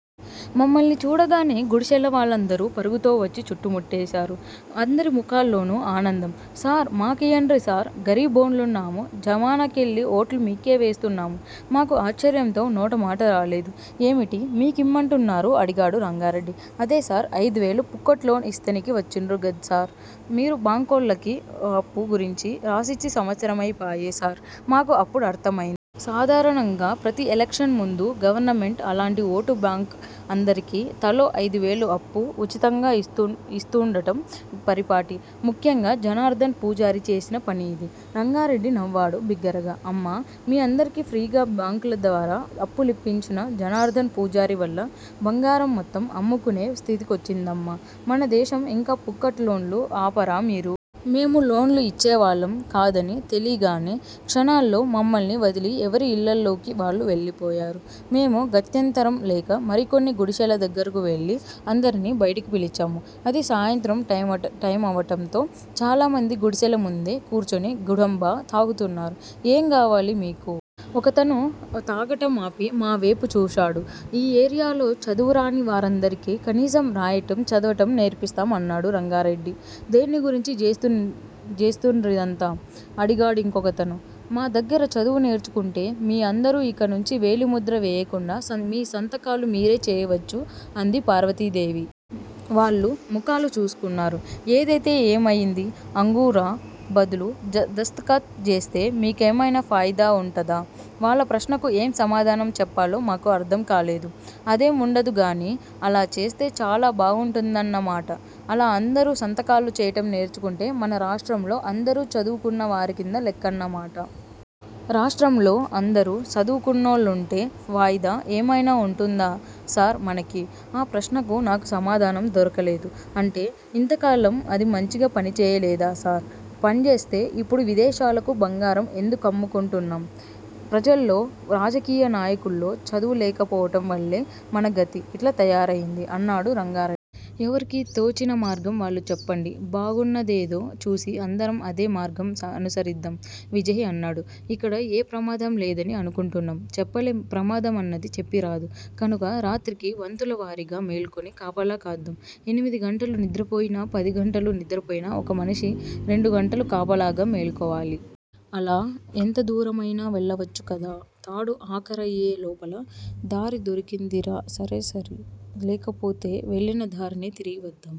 మమ్మల్ని చూడగానే గుడిశెల వాళ్ళందరూ పరుగుతో వచ్చి చుట్టుముట్టేశారు. అందరి ముఖాల్లోనూ ఆనందం. సార్! మాకియ్యండ్రిసార్! గరీబోండ్లున్నాము జమానా కెళ్ళి ఓట్లు మీకే వేస్తున్నాము మాకు ఆశ్చర్యంతో నోటమాటరాలేదు. ఏమిటీ మీ కిమ్మంటున్నారు అడిగాడు రంగారెడ్డి. అదేసార్! ఐదువేలు పుక్కట్ లోన్ ఇస్తనికి వచ్చిన్రు గద్సార్ మీరు- బాంకోళ్ళకు అప్పు గురించి రాసిచ్చి సంవత్సరమైపాయె సార్- మాకు అప్పుడు అర్థమైంది. సాధారణంగా ప్రతి ఎలక్షన్ ముందూ గవర్నమెంట్ అలాంటి ఓటు బాంక్ అందరికీ తలో ఐదువేలు అప్పు ఉచితంగా ఇస్తూండటం పరిపాటి. ముఖ్యంగా జనార్ధన్ పూజారి చేసిన పని ఇది. రంగారెడ్డి నవ్వాడు బిగ్గరగా! అమ్మా! మీ అందరికీ ఫ్రీగా బాంక్ ల ద్వారా అప్పులిప్పించిన జనార్ధన్ పూజారి వల్ల బంగారం మొత్తం అమ్ముకునే స్థితికొచ్చిందమ్మా మనదేశం- ఇంకా పుక్కట్ లోన్లు ఆపరా మీరు? మేము లోన్ ళు ఇచ్చేవాళ్ళం కాదని తెలీగానే క్షణాల్లో మమ్మల్ని వదిలి ఎవరి ఇళ్ళలోకి వాళ్ళు వెళ్ళిపోయారు. మేము గత్యంతరం లేక మరికొన్ని గుడిశెల దగ్గరకు వెళ్ళి అందరినీ బయటకు పిలిచాము. అది సాయంత్రం టైమవటంతో చాలామంది గుడిసెల ముందే కూర్చుని గుడంబా తాగుతున్నారు. ఏం గావాలి మీకు? ఒకతను తాగటం ఆపి మావేపు చూశాడు. ఈ ఏరియాలో చదువురాని వారందరికీ కనీసం రాయటం, చదవటం నేర్పిస్తాం అన్నాడు రంగారెడ్డి. దేన్ని గురించి జేస్తున్రిదంతా? అడిగాడింకొకతను. మా దగ్గర చదువు నేర్చుకుంటే మీ అందరూ ఇకనుంచి వేలి ముద్ర వేయకుండా మీ సంతకాలు మీరే చేయవచ్చు అంది పార్వతీదేవి. వాళ్ళు ముఖాలు చూసుకున్నారు. ఏదైతే ఏమయింది? అంగూర బదులు దస్తఖత్ జేస్తే మీకేమైనా ఫాయిదా ఉంటదా? వాళ్ళ ప్రశ్నకు ఏం సమాధానం చెప్పాలో మాకు అర్థం కాలేదు. అదేం వుండదుగానీ- అలా చేస్తే చాలా బాగుంటుందన్నమాట! అలా అందరూ సంతకాలు చేయటం నేర్చుకుంటే మన రాష్ట్రంలో అందరూ చదువుకున్న వారికింద లెక్కన్నమాట. రాష్ట్రంలో అందరూ సదువుకున్నోళ్ళుంటే వాయిదా ఏమైనా వుంటుందా సార్ మనకి? ఆ ప్రశ్నకు నాకు సమాధానం దొరకలేదు. అంటే ఇంతకాలం అది మంచిగ పని జేయలేదా సార్? పన్జేస్తే ఇప్పుడు విదేశాలకు బంగారం ఎందుకమ్ముకుంటున్నాం? ప్రజల్లో, రాజకీయ నాయకుల్లో చదువు లేకపోవటం వల్లే మన గతి ఇట్ల తయారయింది అన్నాడు రంగారెడ్డి. ఎవరికీ తోచినమార్గం వాళ్ళు చెప్పండి బాగున్నాదేదో చూసి అందరం అదే మార్గం అనుసరిద్దాం. విజయ్ అన్నాడు. ఇక్కడ ఏ ప్రమాదంలేదని అనుకుంటున్నాం. చెప్పలేం ప్రమాద మన్నది చెప్పిరాదు. కనుక రాత్రికి వంతులవారీగా మేల్కొని కాపలా కాద్దాం ఎనిమిదిగంటలు నిద్రపోయినా పదిగంటలు నిద్రపోయినా ఒక మనిషి రెండు గంటలు కాపలాగా మేల్కోవాలి. అలా ఎంతదూరమైనా వెళ్ళవచ్చు కదా! తాడు ఆఖరయ్యే లోపల దారిదొరికిందిరా సరేసరి లేకపోతె వెళ్ళిన దారినే తిరిగి వద్దాం.